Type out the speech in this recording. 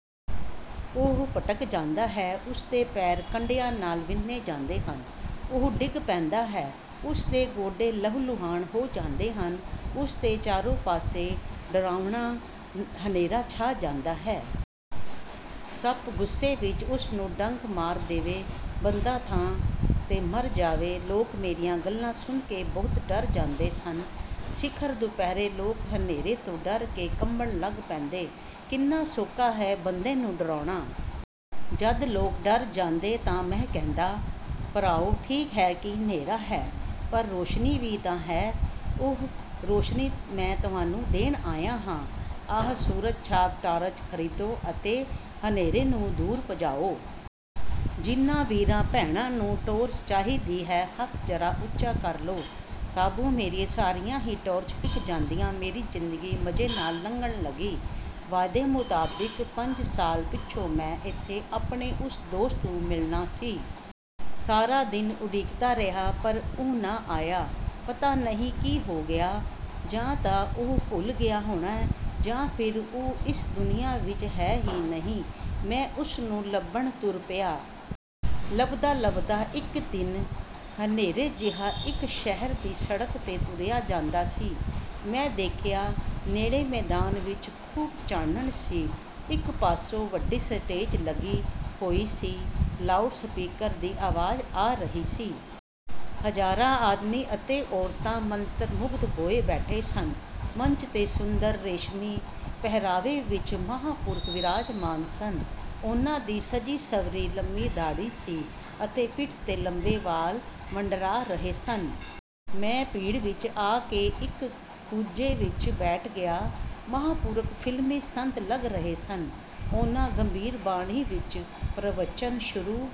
ਉਹ ਭਟਕ ਜਾਂਦਾ ਹੈ। ਉਸ ਦੇ ਪੈਰ ਕੰਡਿਆਂ ਨਾਲ ਵਿੰਨ੍ਹੇ ਜਾਂਦੇ ਹਨ। ਉਹ ਡਿੱਗ ਪੈਂਦਾ ਹੈ। ਉਸ ਦੇ ਗੋਡੇ ਲਹੂ ਲੁਹਾਣ ਹੋ ਜਾਂਦੇ ਹਨ। ਉਸ ਦੇ ਚਾਰੋ ਪਾਸੇ ਡਰਾਉਣਾ ਹਨੇਰਾ ਛਾ ਜਾਂਦਾ ਹੈ। ਸੱਪ ਗੁੱਸੇ ਵਿੱਚ ਉਸ ਨੂੰ ਡੰਗ ਮਾਰ ਦੇਵੇ। ਬੰਦਾ ਥਾਂ 'ਤੇ ਮਰ ਜਾਵੇ। ਲੋਕ ਮੇਰੀਆਂ ਗੱਲਾਂ ਸੁਣ ਕੇ ਬਹੁਤ ਡਰ ਜਾਂਦੇ ਸਨ। ਸਿਖਰ ਦੁਪਹਿਰੇ ਲੋਕ ਹਨੇਰੇ ਤੋਂ ਡਰ ਕੇ ਕੰਬਣ ਲੱਗ ਪੈਂਦੇ। ਕਿੰਨਾ ਸੌਖਾ ਹੈ ਬੰਦੇ ਨੂੰ ਡਰਾਉਣਾ? ਜਦ ਲੋਕ ਡਰ ਜਾਂਦੇ ਤਾਂ ਮੈਂ ਕਹਿੰਦਾ, "ਭਰਾਓ ਠੀਕ ਹੈ ਕਿ ਨ੍ਹੇਰਾ ਹੈ। ਪਰ ਰੌਸ਼ਨੀ ਵੀ ਤਾਂ ਹੈ। ਉਹੀ ਰੌਸ਼ਨੀ ਮੈਂ ਤੁਹਾਨੂੰ ਦੇਣ ਆਇਆ ਹਾਂ। ਆਹ ਸੂਰਜ ਛਾਪ ਟਾਰਚ ਖਰੀਦੋ ਅਤੇ ਹਨੇਰੇ ਨੂੰ ਦੂਰ ਭਜਾਓ। ਜਿਨ੍ਹਾਂ ਵੀਰਾਂ ਭੈਣਾਂ ਨੂੰ ਟਾਰਚ ਚਾਹੀਦੀ ਹੈ, ਹੱਥ ਜ਼ਰਾ ਉੱਚਾ ਕਰ ਲਓ।" ਸਾਬੁ ਮੇਰੀਆਂ ਸਾਰੀਆਂ ਹੀ ਟਾਰਚਾਂ ਵਿਕ ਜਾਂਦੀਆਂ। ਮੇਰੀ ਜ਼ਿੰਦਗੀ ਮਜ਼ੇ ਨਾਲ ਲੰਘਣ ਲੱਗੀ। ਵਾਅਦੇ ਮੁਤਾਬਿਕ ਪੰਜ ਸਾਲ ਪਿੱਛੋਂ ਮੈਂ ਇੱਥੇ ਆਪਣੇ ਉਸ ਦੋਸਤ ਨੂੰ ਮਿਲਣਾ ਸੀ। ਸਾਰਾ ਦਿਨ ਉਡੀਕਦਾ ਰਿਹਾ, ਪਰ ਉਹ ਨਾ ਆਇਆ। ਪਤਾ ਨਹੀਂ ਕੀ ਹੋ ਗਿਆ। ਜਾਂ ਤਾਂ ਉਹ ਭੁੱਲ ਗਿਆ ਹੋਣਾ। ਜਾਂ ਫਿਰ ਉਹ ਇਸ ਦੁਨੀਆਂ ਵਿੱਚ ਹੈ ਹੀ ਨਹੀਂ। ਮੈਂ ਉਸ ਨੂੰ ਲੱਭਣ ਤੁਰ ਪਿਆ। ਲੱਭਦਾ ਲੱਭਦਾ, ਇਕ ਦਿਨ ਹਨੇਰੇ ਜਿਹਾ ਇਕ ਸ਼ਹਿਰ ਦੀ ਸੜਕ 'ਤੇ ਤੁਰਿਆ ਜਾਂਦਾ ਸੀ। ਮੈਂ ਦੇਖਿਆ, ਨੇੜੇ ਮੈਦਾਨ ਵਿੱਚ ਖ਼ੂਬ ਚਾਨਣ ਸੀ। ਇਕ ਪਾਸੋ ਵੱਡੀ ਸਟੇਜ ਲੱਗੀ ਹੋਈ ਸੀ। ਲਾਊਡ ਸਪੀਕਰ ਦੀ ਆਵਾਜ਼ ਆ ਰਹੀ ਸੀ। ਹਜ਼ਾਰਾਂ ਆਦਮੀ ਅਤੇ ਔਰਤਾਂ ਮੰਤਰ ਮੁਗਧ ਹੋਏ ਬੈਠੇ ਸਨ। ਮੰਚ 'ਤੇ ਸੁੰਦਰ ਰੇਸ਼ਮੀ ਪਹਿਰਾਵੇ ਵਿੱਚ ਮਹਾਂਪੁਰਖ ਬਿਰਾਜਮਾਨ ਸਨ। ਉਨ੍ਹਾਂ ਦੀ ਸਜੀ ਸੰਵਰੀ ਲੰਮੀ ਦਾੜ੍ਹੀ ਸੀ ਅਤੇ ਪਿੱਠ 'ਤੇ ਲੰਬੇ ਵਾਲ ਮੰਡਰਾ ਰਹੇ ਸਨ। ਮੈਂ ਭੀੜ ਵਿੱਚ ਆ ਕੇ ਇਕ ਖੂੰਜੇ ਵਿੱਚ ਬੈਠ ਗਿਆ। ਮਹਾਂਪੁਰਖ ਫ਼ਿਲਮੀ ਸੰਤ ਲੱਗ ਰਹੇ ਸਨ। ਉਨ੍ਹਾਂ ਗੰਭੀਰ ਬਾਣੀ ਵਿੱਚ ਪ੍ਰਵਚਨ ਸ਼ੁਰੂ